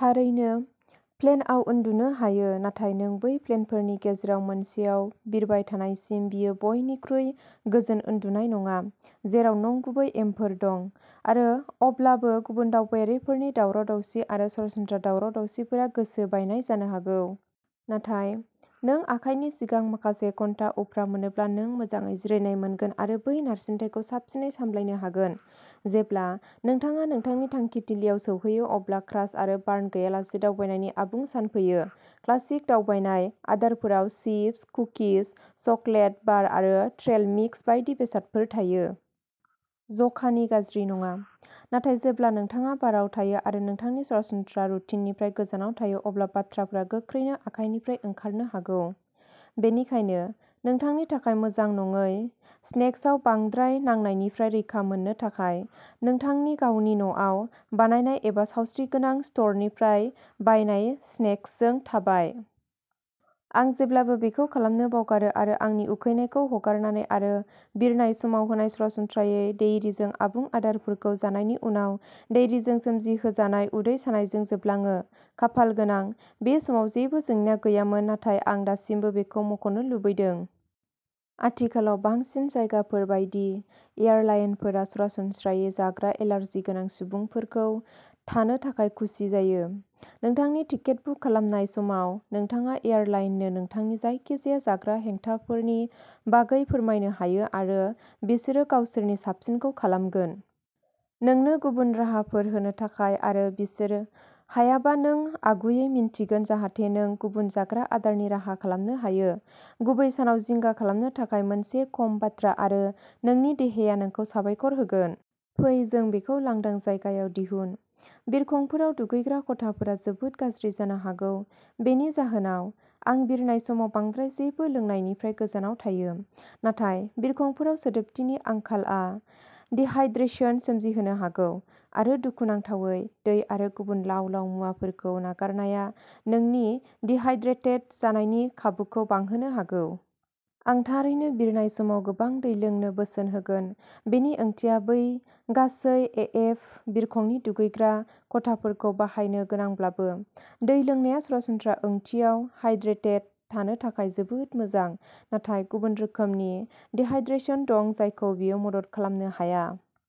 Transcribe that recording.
थारैनो प्लेनआव उन्दुनो हायो, नाथाय नों बै प्लेनफोरनि गेजेराव मोनसेआव बिरबाय थानायसिम बेयो बयनिख्रुइ गोजोन उन्दुनाय नङा, जेराव नंगुबै एमफोर दं। आरो अब्लाबो, गुबुन दावबायारिफोरनि दावराव-दावसि आरो सरासनस्रा दावराव-दावसिफोरा गोसो बायनाय जानो हागौ। नाथाय, नों आखाइनि सिगां माखासे घन्टा उफ्रा मोनोब्ला नों मोजाङै जिरायनाय मोनगोन आरो बै नारसिनथायखौ साबसिनै सामलायनो हागोन। जेब्ला नोंथाङा नोंथांनि थांखिथिलियाव सौहैयो अब्ला क्रास आरो बार्न गैयालासे दावबायनायनि आबुं सान फैयो। क्लासिक दावबायनाय आदारफोराव चिप्स, कुकिज, चकलेट बार आरो ट्रेल मिक्स बायदि बेसादफोर थायो। जखानि गाज्रि नङा, नाथाय जेब्ला नोंथाङा बाराव थायो आरो नोंथांनि सरासनस्रा रुटिननिफ्राय गोजानाव थायो अब्ला बाथ्राफोरा गोख्रैनो आखायनिफ्राय ओंखारनो हागौ। बेनिखायनो नोंथांनि थाखाय मोजां नङै स्नेक्सयाव बांद्राय नांनायनिफ्राय रैखा मोननो थाखाय, नोंथांनि गावनि न'आव बानायनाय एबा सावस्रिगोनां स्ट'रनिफ्राय बायनाय स्नेक्सजों थाबाय। आं जेब्लाबो बेखौ खालामनो बावगारो आरो आंनि उखैनायखौ हगारनानै आरो बिरनाय समाव होनाय सरासनस्रायै डेयरीजों आबुं आदारफोरखौ जानायनि उनाव डेयरीजों सोमजिहोजानाय उदै सानायजों जोबलाङो। खाफालगोनां, बे समाव जेबो जेंना गैयामोन, नाथाय आं दासिमबो बेखौ मुंख'नो लुबैदों। आथिखालाव बांसिन जायगाफोर बायदि, एयारलाइनफोरा सरासनस्रायै जाग्रा एलार्जि गोनां सुबुंफोरखौ थानो थाखाय खुसि जायो। नोंथांनि टिकेट बुक खालामनाय समाव, नोंथाङा एयारलाइननो नोंथांनि जायखिजाया जाग्रा हेंथाफोरनि बागै फोरमायनो हायो आरो बिसोरो गावसोरनि साबसिनखौ खालामगोन। नोंनो गुबुन राहाफोर होनो थाखाय आरो बिसोरो हायाबा नों आगुयै मिन्थिगोन जाहाथे नों गुबुन जाग्रा आदारनि राहा खालामनो हायो। गुबै सानाव जिंगा खालामनो थाखाय मोनसे खम बाथ्रा आरो नोंनि देहाया नोंखौ साबायखर होगोन। फै जों बेखौ लांदां जायगायाव दिहुनः बिरखंफोराव दुगैग्रा खथाफोरा जोबोद गाज्रि जानो हागौ। बेनि जाहोनाव, आं बिरनाय समाव बांद्राय जेबो लोंनायनिफ्राय गोजानाव थायो। नाथाय बिरखंफोराव सोदोबथिनि आंखालआ डिहाइड्रेसन सोमजिहोनो हागौ। आरो दुखुनांथावै, दै आरो गुबुन लाव-लाव मुवाफोरखौ नागारनाया नोंनि डिहाइड्रेटेड जानायनि खाबुखौ बांहोनो हागौ। आं थारैनो बिरनाय समाव गोबां दै लोंनो बोसोन होगोन। बेनि ओंथिया बै गासै ए एफ बिरखंनि दुगैग्रा खथाफोरखौ बाहायनो गोनांब्लाबो। दै लोंनाया सरासनस्रा ओंथियाव हाइड्रेटेड थानो थाखाय जोबोद मोजां, नाथाय गुबुन रोखोमनि डिहाइड्रेसन दं जायखौ बेयो मदद खालामनो हाया।